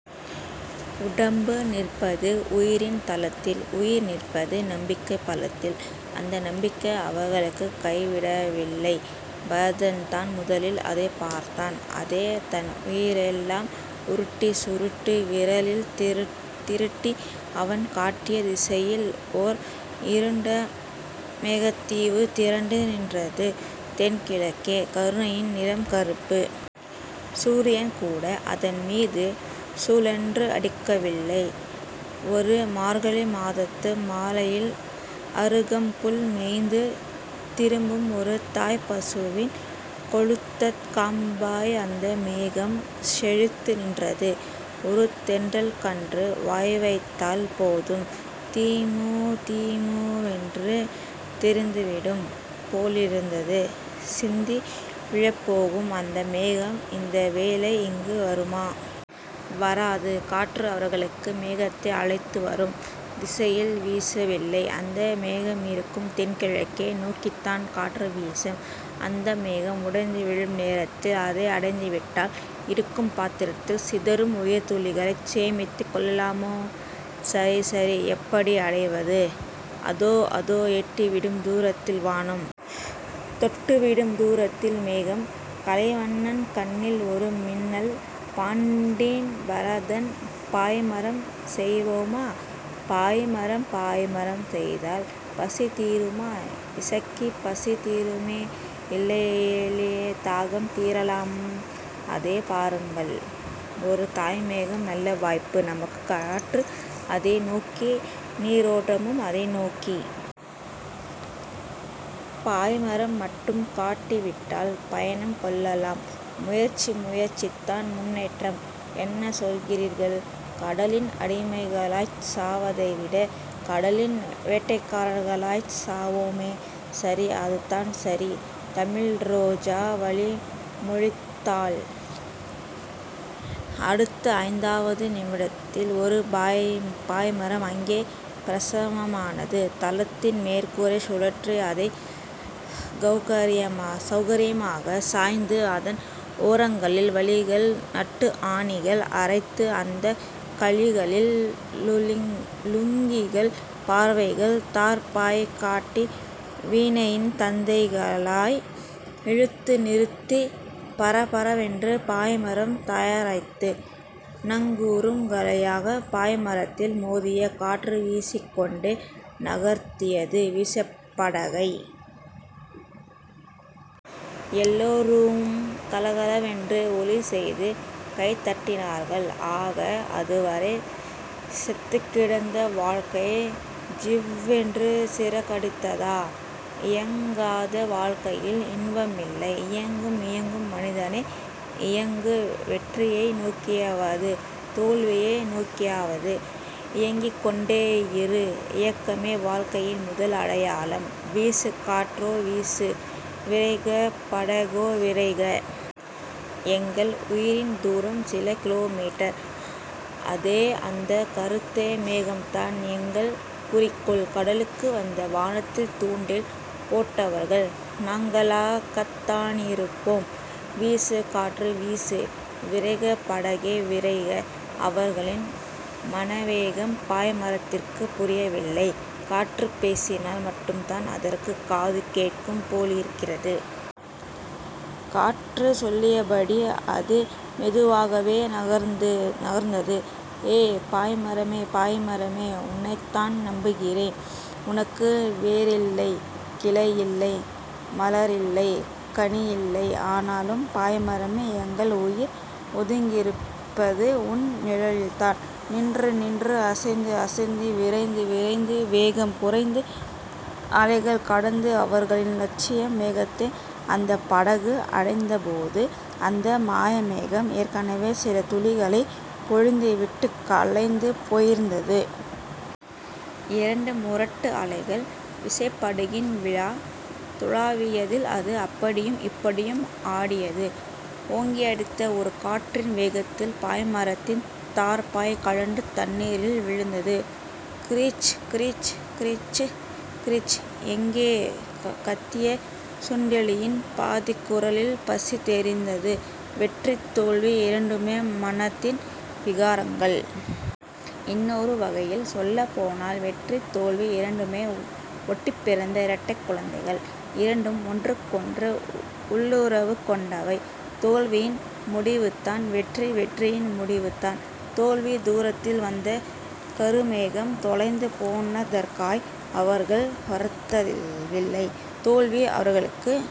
உடம்பு நிற்பது உயிரின் தலத்தில். உயிர் நிற்பது நம்பிக்கை பலத்தில். அந்த நம்பிக்கை அவர்களைக் கைவிடவில்லை. பரதன்தான் முதலில் அதைப் பார்த்தான். அதோ. தன் உயிரையெல்லாம் உருட்டி சுட்டு விரலில் திரட்டி அவன் காட்டிய திசையில் ஓர் இருண்ட மேகத்தீவு திரண்டு நின்றது தென்கிழக்கே. கருணையின் நிறம் கறுப்பு. சூரியன்கூட அதன்மீது சுள்ளென்று அடிக்கவில்லை. ஒரு மார்கழி மாதத்து மாலையில் அருகம்புல் மேய்ந்து திரும்பும் ஒரு தாய்ப்பசுவின் கொழுத்த காம்பாய் அந்த மேகம் செழித்து நின்றது. ஒரு தென்றல்கன்று வாய்வைத்தால் போதும் திமுதிமுவென்று சொரிந்துவிடும் போலிருந்தது. சிந்தி விழப்போகும் அந்த மேகம் இந்த வேளை இங்கு வருமா? வாராது. காற்று அவர்களுக்கு மேகத்தை அழைத்துவரும் திசையில் வீசவில்லை. அந்த மேகமிருக்கும் தென்கிழக்கை நோக்கித்தான் காற்று வீசுகிறது. அந்த மேகம் உடைந்து விழும் நேரத்தில் அதை அடைந்துவிட்டால் இருக்கும் பாத்திரத்தில் சிதறும் உயிர்த்துளிகளைச் சேமித்துக் கொள்ளலாமே. சரிசரி. எப்படி அடைவது? அதோ அதோ. எட்டிவிடும் தூரத்தில் வானம். தொட்டுவிடும் தூரத்தில் மேகம். கலைவண்ணன் கண்ணில் ஒரு மின்னல். பாண்டி. பரதன். பாய்மரம் செய்வோமா? பாய்மரம்... பாய்மரம் செய்தால் பசி தீருமா? இசக்கி. பசி தீருமோ இல்லையோ, தாகம் தீரலாம். அதோ பாருங்கள் ஒரு தாய்மேகம். நல்ல வாய்ப்பு நமக்கு. காற்றும் அதை நோக்கி. நீரோட்டமும் அதை நோக்கி. பாய்மரம் மட்டும் கட்டிவிட்டால் பயணம் கொள்ளலாம். முயற்சி. முயற்சிதான் முன்னேற்றம். என்ன சொல்கிறீர்கள்? கடலின் அடிமைகளாய்ச் சாவதைவிடக் கடலின் வேட்டைக்காரர்களாய்ச் சாவோமே. சரி. அதுதான் சரி தமிழ்ரோஜா வழிமொழிந்தாள். அடுத்த ஐந்தாவது நிமிடத்தில் ஒரு பாய்மரம் அங்கே பிரசவமானது. தளத்தின் மேற்கூரை கழற்றி அதை செளகரியமாய்ச் சாய்த்து அதன் ஓரங்களில் கழிகள் நட்டு ஆணிகள் அறைந்து அந்தக் கழிகளில் லுங்கிகள் போர்வைகள் தார்ப்பாய் கட்டி வீணையின் தந்திகளாய் இழுத்து நிறுத்தி பரபரவென்று பாய்மரம் தயாரித்து, நங்கூரம் களைய பாய்மரத்தில் மோதிய காற்று விசுக்கென்று நகர்த்தியது விசைப்படகை. எல்லோரும் கலகலவென்று ஒலிசெய்து கைதட்டினார்கள். ஆகா. அதுவரை செத்துக்கிடந்த வாழ்க்கை ஜிவ்வென்று சிறகடித்ததா? இயங்காத வாழ்க்கையில் இன்பமில்லை. இயங்கு. இயங்கு மனிதனே. இயங்கு. வெற்றியை நோக்கியாவது தோல்வியை நோக்கியாவது இயங்கிக்கொண்டே இரு. இயக்கமே வாழ்க்கையின் முதல் அடையாளம். வீசு காற்றே வீசு. விரைக படகே விரைக. எங்கள் உயிரின் தூரம் சில கிலோமீட்டர். அதோ. அந்தக் கறுத்த மேகம்தான் எங்கள் குறிக்கோள். கடலுக்கு வந்து வானத்தில் தூண்டில் போட்டவர்கள் நாங்களாகத்தானிருப்போம். வீசு காற்றே வீசு. விரைக படகே விரைக. அவர்களின் மனோவேகம் பாய்மரத்திற்குப் புரியவில்லை. காற்றுப் பேசினால் மட்டும்தான் அதற்குக் காது கேட்கும் போலிருக்கிறது. காற்று சொல்லியபடி அது மெதுவாகவே நகர்ந்தது. ஏ, பாய்மரமே. பாய்மரமே. உன்னைத்தான் நம்புகிறோம். உனக்கு வேரில்லை. கிளையில்லை. மலரில்லை. கனியில்லை. ஆனாலும் பாய்மரமே. எங்கள் உயிர் ஒதுங்கியிருப்பது உன் நிழலில்தான். நின்று நின்று அசைந்து அசைந்து விரைந்து விரைந்து வேகம் குறைந்து அலைகள் கடந்து அவர்களின் லட்சிய மேகத்தை அந்தப் படகு அடைந்தபோது அந்த மாயமேகம் ஏற்கெனவே சில துளிகளைப் பொழிந்துவிட்டுக் கலைந்து போயிருந்தது. இரண்டு முரட்டு அலைகள் விசைப்படகின் விலா துழாவியதில் அது அப்படியும் இப்படியும் ஆடியது. ஓங்கியடித்த ஒரு காற்றின் வேகத்தில் பாய்மரத்தின் தார்ப்பாய் கழன்று தண்ணீரில் விழுந்தது. கிரீச். கிரீச். கிரீச். கிரீச். எங்கோ கத்திய சுண்டெலியின் பாதிக் குரலில் பசி தெரிந்தது. வெற்றி தோல்வி இரண்டுமே மனதின் விகாரங்கள். இன்னொரு வகையில் சொல்லப் போனால் வெற்றி தோல்வி இரண்டுமே ஒட்டிப்பிறந்த இரட்டைக் குழந்தைகள். இரண்டும் ஒன்றுக்கொன்று உள்ளுறவுகொண்டவை. தோல்வியின் முடிவுதான் வெற்றி. வெற்றியின் முடிவுதான் தோல்வி. துரத்தி வந்த கருமேகம் தொலைந்து போனதற்காய் அவர்கள் வருந்தவில்லை. தோல்வி அவர்களுக்குப்